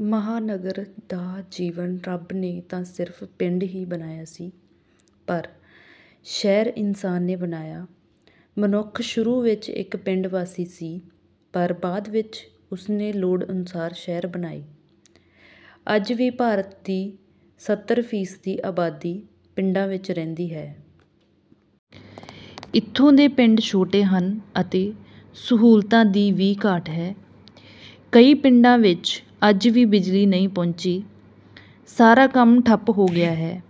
ਮਹਾਨਗਰ ਦਾ ਜੀਵਨ ਰੱਬ ਨੇ ਤਾਂ ਸਿਰਫ਼ ਪਿੰਡ ਹੀ ਬਣਾਇਆ ਸੀ ਪਰ ਸ਼ਹਿਰ ਇਨਸਾਨ ਨੇ ਬਣਾਇਆ। ਮਨੁੱਖ ਸ਼ੁਰੂ ਵਿੱਚ ਇੱਕ ਪਿੰਡ ਵਾਸੀ ਸੀ। ਪਰ ਬਾਅਦ ਵਿੱਚ ਉਸ ਨੇ ਲੋੜ ਅਨੁਸਾਰ ਸ਼ਹਿਰ ਬਣਾਏ। ਅੱਜ ਵੀ ਭਾਰਤ ਦੀ ਸੱਤਰ ਫੀਸਦੀ ਆਬਾਦੀ ਪਿੰਡਾਂ ਵਿੱਚ ਰਹਿੰਦੀ ਹੈ। ਇੱਥੋਂ ਦੇ ਪਿੰਡ ਛੋਟੇ ਹਨ ਅਤੇ ਸਹੂਲਤਾਂ ਦੀ ਵੀ ਘਾਟ ਹੈ। ਕਈ ਪਿੰਡਾਂ ਵਿੱਚ ਅੱਜ ਵੀ ਬਿਜਲੀ ਨਹੀਂ ਪਹੁੰਚੀ। ਸਾਰਾ ਕੰਮ ਠੱਪ ਹੋ ਗਿਆ ਹੈ।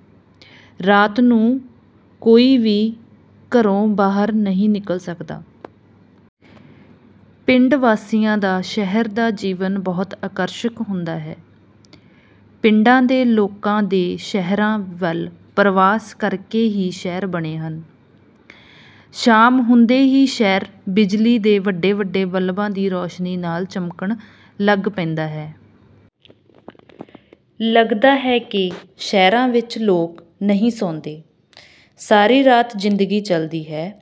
ਰਾਤ ਨੂੰ ਕੋਈ ਵੀ ਘਰੋਂ ਬਾਹਰ ਨਹੀਂ ਨਿਕਲ ਸਕਦਾ। ਪਿੰਡ ਵਾਸੀਆਂ ਦਾ ਸ਼ਹਿਰ ਦਾ ਜੀਵਨ ਬਹੁਤ ਆਕਰਸ਼ਕ ਹੁੰਦਾ ਹੈ। ਪਿੰਡਾਂ ਦੇ ਲੋਕਾਂ ਦੇ ਸ਼ਹਿਰਾਂ ਵੱਲ ਪਰਵਾਸ ਕਰਕੇ ਹੀ ਸ਼ਹਿਰ ਬਣੇ ਹਨ। ਸ਼ਾਮ ਹੁੰਦੇ ਹੀ ਸ਼ਹਿਰ ਬਿਜਲੀ ਦੇ ਵੱਡੇ-ਵੱਡੇ ਬਲਬਾਂ ਦੀ ਰੋਸ਼ਨੀ ਨਾਲ ਚਮਕਣ ਲੱਗ ਪੈਂਦਾ ਹੈ। ਲੱਗਦਾ ਹੈ ਕਿ ਸ਼ਹਿਰਾਂ ਵਿੱਚ ਲੋਕ ਨਹੀਂ ਸੌਂਦੇ, ਸਾਰੀ ਰਾਤ ਜ਼ਿੰਦਗੀ ਚਲਦੀ ਹੈ।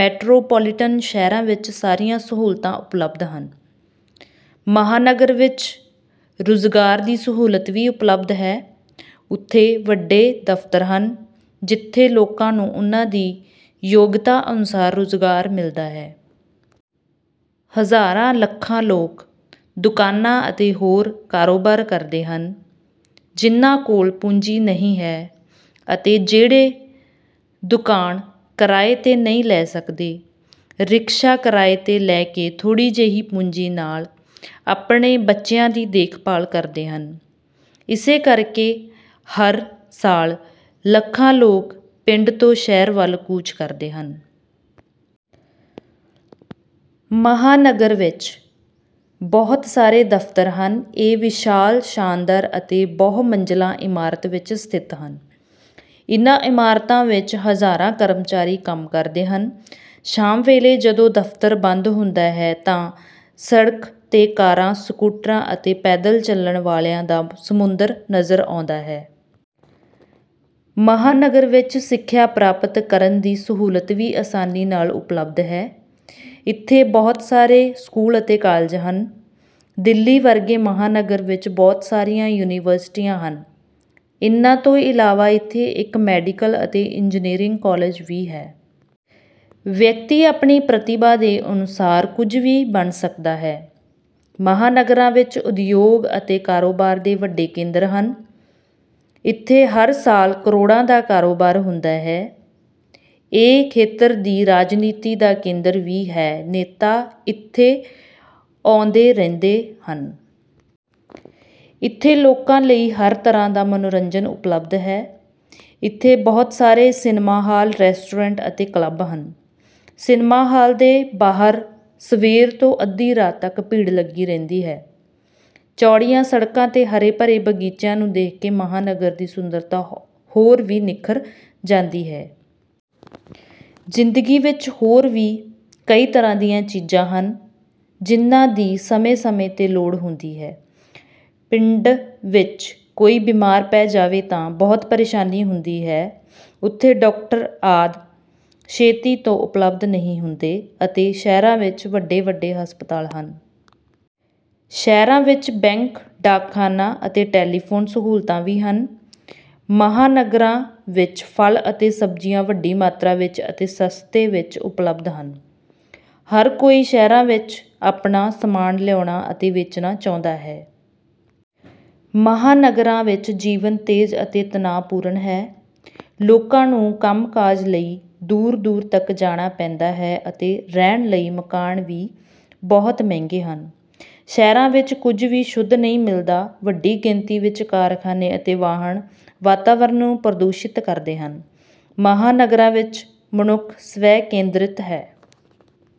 ਮੈਟਰੋਪੋਲੀਟਨ ਸ਼ਹਿਰਾਂ ਵਿੱਚ ਸਾਰੀਆਂ ਸਹੂਲਤਾਂ ਉਪਲਬਧ ਹਨ। ਮਹਾਂਨਗਰ ਵਿੱਚ ਰੁਜ਼ਗਾਰ ਦੀ ਸਹੂਲਤ ਵੀ ਉਪਲਬਧ ਹੈ। ਉੱਥੇ ਵੱਡੇ ਦਫ਼ਤਰ ਹਨ। ਜਿੱਥੇ ਲੋਕਾਂ ਨੂੰ ਉਨ੍ਹਾਂ ਦੀ ਯੋਗਤਾ ਅਨੁਸਾਰ ਰੁਜ਼ਗਾਰ ਮਿਲਦਾ ਹੈ। ਹਜ਼ਾਰਾਂ-ਲੱਖਾਂ ਲੋਕ ਦੁਕਾਨਾਂ ਅਤੇ ਹੋਰ ਕਾਰੋਬਾਰ ਕਰਦੇ ਹਨ। ਜਿਨ੍ਹਾਂ ਕੋਲ ਪੂੰਜੀ ਨਹੀਂ ਹੈ। ਅਤੇ ਜਿਹੜੇ ਦੁਕਾਨ ਕਿਰਾਏ 'ਤੇ ਨਹੀਂ ਲੈ ਸਕਦੇ। ਰਿਕਸ਼ਾ ਕਿਰਾਏ 'ਤੇ ਲੈ ਕੇ ਥੋੜ੍ਹੀ ਜਿਹੀ ਪੂੰਜੀ ਨਾਲ ਆਪਣੇ ਬੱਚਿਆਂ ਦੀ ਦੇਖਭਾਲ ਕਰਦੇ ਹਨ, ਇਸੇ ਕਰਕੇ ਹਰ ਸਾਲ ਲੱਖਾਂ ਲੋਕ ਪਿੰਡ ਤੋਂ ਸ਼ਹਿਰ ਵੱਲ ਕੂਚ ਕਰਦੇ ਹਨ। ਮਹਾਂਨਗਰ ਵਿੱਚ ਬਹੁਤ ਸਾਰੇ ਦਫ਼ਤਰ ਹਨ। ਇਹ ਵਿਸ਼ਾਲ, ਸ਼ਾਨਦਾਰ ਅਤੇ ਬਹੁ-ਮੰਜ਼ਲਾ ਇਮਾਰਤਾਂ ਵਿੱਚ ਸਥਿਤ ਹਨ। ਇਨ੍ਹਾਂ ਇਮਾਰਤਾਂ ਵਿੱਚ ਹਜ਼ਾਰਾਂ ਕਰਮਚਾਰੀ ਕੰਮ ਕਰਦੇ ਹਨ। ਸ਼ਾਮ ਵੇਲੇ ਜਦੋਂ ਦਫ਼ਤਰ ਬੰਦ ਹੁੰਦਾ ਹੈ ਤਾਂ ਸੜਕ 'ਤੇ ਕਾਰਾਂ, ਸਕੂਟਰਾਂ ਅਤੇ ਪੈਦਲ ਚੱਲਣ ਵਾਲਿਆਂ ਦਾ ਸਮੁੰਦਰ ਨਜ਼ਰ ਆਉਂਦਾ ਹੈ। ਮਹਾਂਨਗਰ ਵਿੱਚ ਸਿੱਖਿਆ ਪ੍ਰਾਪਤ ਕਰਨ ਦੀ ਸਹੂਲਤ ਵੀ ਆਸਾਨੀ ਨਾਲ ਉਪਲਬਧ ਹੈ। ਇੱਥੇ ਬਹੁਤ ਸਾਰੇ ਸਕੂਲ ਅਤੇ ਕਾਲਜ ਹਨ। ਦਿੱਲੀ ਵਰਗੇ ਮਹਾਂਨਗਰ ਵਿੱਚ ਬਹੁਤ ਸਾਰੀਆਂ ਯੂਨੀਵਰਸਿਟੀਆਂ ਹਨ। ਇਨ੍ਹਾਂ ਤੋਂ ਇਲਾਵਾ ਇੱਥੇ ਇੱਕ ਮੈਡੀਕਲ ਅਤੇ ਇੰਜਨੀਅਰਿੰਗ ਕਾਲਜ ਵੀ ਹੈ। ਵਿਅਕਤੀ ਆਪਣੀ ਪ੍ਰਤਿਭਾ ਦੇ ਅਨੁਸਾਰ ਕੁਝ ਵੀ ਬਣ ਸਕਦਾ ਹੈ। ਮਹਾਨਗਰਾਂ ਵਿੱਚ ਉਦਯੋਗ ਅਤੇ ਕਾਰੋਬਾਰ ਦੇ ਵੱਡੇ ਕੇਂਦਰ ਹਨ। ਇੱਥੇ ਹਰ ਸਾਲ ਕਰੋੜਾਂ ਦਾ ਕਾਰੋਬਾਰ ਹੁੰਦਾ ਹੈ। ਇਹ ਖੇਤਰ ਦੀ ਰਾਜਨੀਤੀ ਦਾ ਕੇਂਦਰ ਵੀ ਹੈ, ਨੇਤਾ ਇੱਥੇ ਆਉਂਦੇ ਰਹਿੰਦੇ ਹਨ। ਇੱਥੇ ਲੋਕਾਂ ਲਈ ਹਰ ਤਰ੍ਹਾਂ ਦਾ ਮਨੋਰੰਜਨ ਉਪਲਬਧ ਹੈ। ਇੱਥੇ ਬਹੁਤ ਸਾਰੇ ਸਿਨੇਮਾ ਹਾਲ, ਰੈਸਟੋਰੈਂਟ ਅਤੇ ਕਲੱਬ ਹਨ। ਸਿਨੇਮਾ ਹਾਲ ਦੇ ਬਾਹਰ ਸਵੇਰ ਤੋਂ ਅੱਧੀ ਰਾਤ ਤੱਕ ਭੀੜ ਲੱਗੀ ਰਹਿੰਦੀ ਹੈ। ਚੌੜੀਆਂ ਸੜਕਾਂ ਅਤੇ ਹਰੇ-ਭਰੇ ਬਗੀਚਿਆਂ ਨੂੰ ਦੇਖ ਕੇ ਮਹਾਂਨਗਰ ਦੀ ਸੁੰਦਰਤਾ ਹੋਰ ਵੀ ਨਿਖਰ ਜਾਂਦੀ ਹੈ। ਜ਼ਿੰਦਗੀ ਵਿਚ ਹੋਰ ਵੀ ਕਈ ਤਰ੍ਹਾਂ ਦੀਆਂ ਚੀਜ਼ਾਂ ਹਨ। ਜਿਨ੍ਹਾਂ ਦੀ ਸਮੇਂ-ਸਮੇਂ 'ਤੇ ਲੋੜ ਹੁੰਦੀ ਹੈ। ਪਿੰਡ ਵਿੱਚ ਕੋਈ ਬਿਮਾਰ ਪੈ ਜਾਵੇ ਤਾਂ ਬਹੁਤ ਪ੍ਰੇਸ਼ਾਨੀ ਹੁੰਦੀ ਹੈ। ਉਥੇ ਡਾਕਟਰ ਆਦਿ ਛੇਤੀ ਤੋਂ ਉਪਲਬਧ ਨਹੀਂ ਹੁੰਦੇ ਅਤੇ ਸ਼ਹਿਰਾਂ ਵਿਚ ਵੱਡੇ-ਵੱਡੇ ਹਸਪਤਾਲ ਹਨ। ਸ਼ਹਿਰਾਂ ਵਿੱਚ ਬੈਂਕ, ਡਾਕਖਾਨਾ ਅਤੇ ਟੈਲੀਫੋਨ ਸਹੂਲਤਾਂ ਵੀ ਹਨ। ਮਹਾਨਗਰਾਂ ਵਿੱਚ ਫਲ ਅਤੇ ਸਬਜ਼ੀਆਂ ਵੱਡੀ ਮਾਤਰਾ ਵਿੱਚ ਅਤੇ ਸਸਤੇ ਵਿੱਚ ਉਪਲਬਧ ਹਨ। ਹਰ ਕੋਈ ਸ਼ਹਿਰਾਂ ਵਿੱਚ ਆਪਣਾ ਸਾਮਾਨ ਲਿਆਉਣਾ ਅਤੇ ਵੇਚਣਾ ਚਾਹੁੰਦਾ ਹੈ। ਮਹਾਨਗਰਾਂ ਵਿੱਚ ਜੀਵਨ ਤੇਜ਼ ਅਤੇ ਤਣਾਅਪੂਰਨ ਹੈ। ਲੋਕਾਂ ਨੂੰ ਕੰਮ-ਕਾਜ ਲਈ ਦੂਰ-ਦੂਰ ਤੱਕ ਜਾਣਾ ਪੈਂਦਾ ਹੈ ਅਤੇ ਰਹਿਣ ਲਈ ਮਕਾਨ ਵੀ ਬਹੁਤ ਮਹਿੰਗੇ ਹਨ। ਸ਼ਹਿਰਾਂ ਵਿੱਚ ਕੁਝ ਵੀ ਸ਼ੁੱਧ ਨਹੀਂ ਮਿਲਦਾ। ਵੱਡੀ ਗਿਣਤੀ ਵਿੱਚ ਕਾਰਖਾਨੇ ਅਤੇ ਵਾਹਨ ਵਾਤਾਵਰਨ ਨੂੰ ਪ੍ਰਦੂਸ਼ਿਤ ਕਰਦੇ ਹਨ। ਮਹਾਨਗਰਾਂ ਵਿੱਚ ਮਨੁੱਖ ਸਵੈ-ਕੇਂਦਰਿਤ ਹੈ।